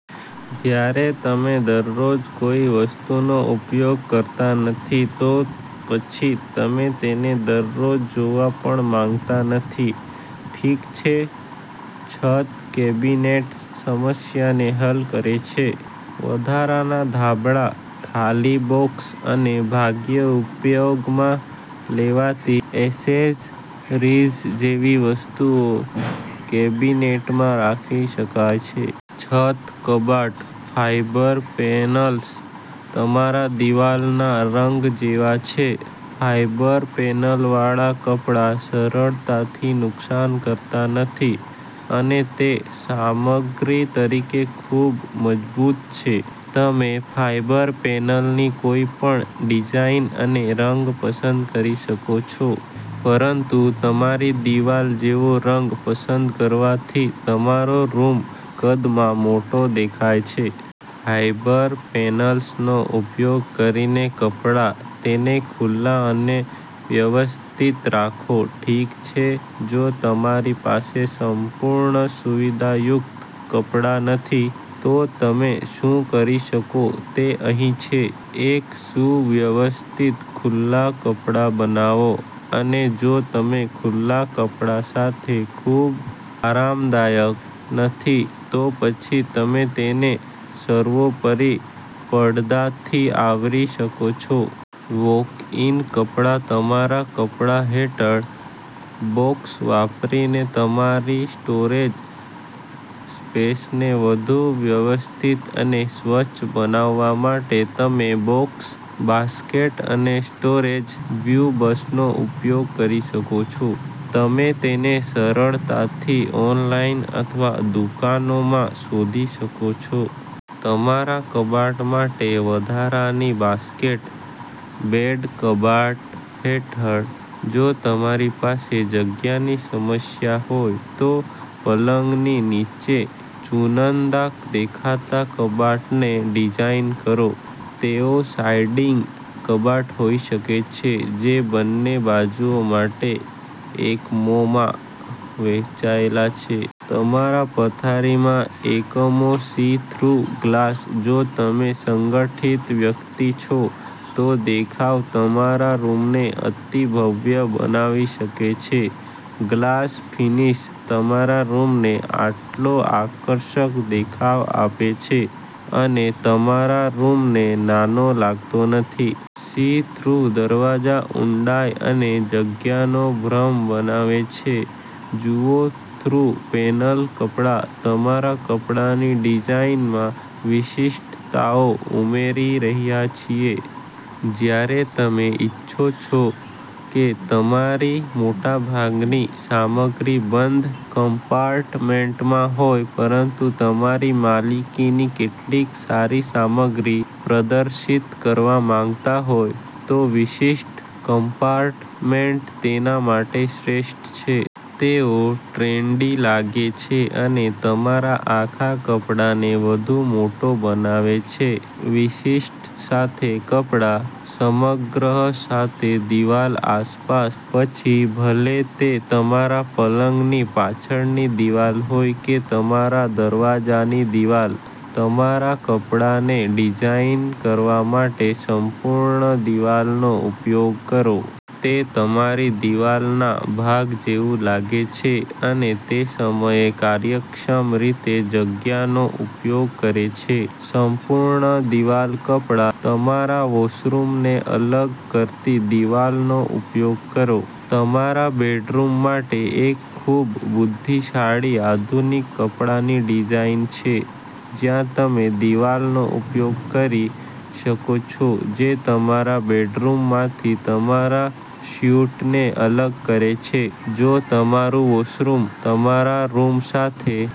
જ્યારે તમે દરરોજ કોઈ વસ્તુનો ઉપયોગ કરતા નથી, તો પછી તમે તેને દરરોજ જોવા પણ માંગતા નથી. ઠીક છે, છત કેબિનેટ્સ સમસ્યાને હલ કરે છે. વધારાના ધાબળા, ખાલી બોક્સ અને ભાગ્યે ઉપયોગમાં લેવાતી એસેસરીઝ જેવી વસ્તુઓ કેબિનેટમાં રાખી શકાય છે. છત કબાટ. ફાઇબર પેનલ્સ તમારા દિવાલના રંગ જેવા છે. ફાઈબર પેનલવાળા કપડા સરળતાથી નુકસાન કરતા નથી, અને તે સામગ્રી તરીકે ખૂબ મજબૂત છે. તમે ફાઇબર પેનલની કોઈપણ ડિઝાઇન અને રંગ પસંદ કરી શકો છો, પરંતુ તમારી દિવાલ જેવો રંગ પસંદ કરવાથી તમારો રૂમ કદમાં મોટો દેખાય છે. ફાઇબર પેનલ્સનો ઉપયોગ કરીને કપડા. તેને ખુલ્લો અને વ્યવસ્થિત રાખો. ઠીક છે, જો તમારી પાસે સંપૂર્ણ સુવિધાયુક્ત કપડા નથી, તો તમે શું કરી શકો તે અહીં છે. એક સુવ્યવસ્થિત ખુલ્લા કપડા બનાવો. અને જો તમે ખુલ્લા કપડા સાથે ખૂબ આરામદાયક નથી, તો પછી તમે તેને સર્વોપરી પડદાથી આવરી શકો છો. વૉક-ઇન કપડા. તમારા કપડા હેઠળ બોક્સ વાપરીને તમારી સ્ટોરેજ સ્પેસને વધુ વ્યવસ્થિત અને સ્વચ્છ બનાવવા માટે, તમે બોક્સ, બાસ્કેટ અને સ્ટોરેજ ક્યુબ્સનો ઉપયોગ કરી શકો છો. તમે તેને સરળતાથી ઑનલાઇન અથવા દુકાનોમાં શોધી શકો છો. તમારા કબાટ માટે વધારાની બાસ્કેટ. બેડ કબાટ હેઠળ. જો તમારી પાસે જગ્યાની સમસ્યા હોય, તો પલંગની નીચે ચુનંદા દેખાતા કબાટને ડિઝાઇન કરો. તેઓ સ્લાઇડિંગ કબાટ હોઈ શકે છે, જે બંને બાજુઓ માટે એકમોમાં વહેંચાયેલા છે. તમારા પથારીમાં એકમો. See through glass. જો તમે સંગઠિત વ્યક્તિ છો, તો દેખાવ તમારા રૂમને અતિ ભવ્ય બનાવી શકે છે. ગ્લાસ ફિનિશ તમારા રૂમને આટલો આકર્ષક દેખાવ આપે છે અને તમારા રૂમને નાનો લાગતો નથી. સી-થ્રુ દરવાજા ઊંડાઈ અને જગ્યાનો ભ્રમ બનાવે છે. જુઓ-થ્રુ પેનલ કપડા. તમારા કપડાની ડિઝાઇનમાં વિશિષ્ટતાઓ ઉમેરી રહ્યા છીએ. જ્યારે તમે ઇચ્છો છો કે તમારી મોટાભાગની સામગ્રી બંધ કમ્પાર્ટમેન્ટમાં હોય પરંતુ તમારી માલિકીની કેટલીક સારી સામગ્રી પ્રદર્શિત કરવા માંગતા હો, તો વિશિષ્ટ કમ્પાર્ટમેન્ટ તેના માટે શ્રેષ્ઠ છે. તેઓ ટ્રેન્ડી લાગે છે અને તમારા આખા કપડાને વધુ મોટો બનાવે છે. વિશિષ્ટ સાથે કપડા. સંગ્રહ સાથે દિવાલ આસપાસ. પછી ભલે તે તમારા પલંગની પાછળની દિવાલ હોય કે તમારા દરવાજાની દિવાલ, તમારા કપડાને ડિઝાઇન કરવા માટે સંપૂર્ણ દિવાલનો ઉપયોગ કરો. તે તમારી દિવાલના ભાગ જેવું લાગે છે અને તે સમયે કાર્યક્ષમ રીતે જગ્યાનો ઉપયોગ કરે છે. સંપૂર્ણ દિવાલ કપડા. તમારા વૉશરૂમને અલગ કરતી દિવાલનો ઉપયોગ કરો. તમારા બેડરૂમ માટે એક ખૂબ બુદ્ધિશાળી આધુનિક કપડાની ડિઝાઇન છે, જ્યાં તમે દિવાલનો ઉપયોગ કરી શકો છો જે તમારા બેડરૂમમાંથી તમારા સ્યુટને અલગ કરે છે. જો તમારું વૉશરૂમ તમારા રૂમ સાથે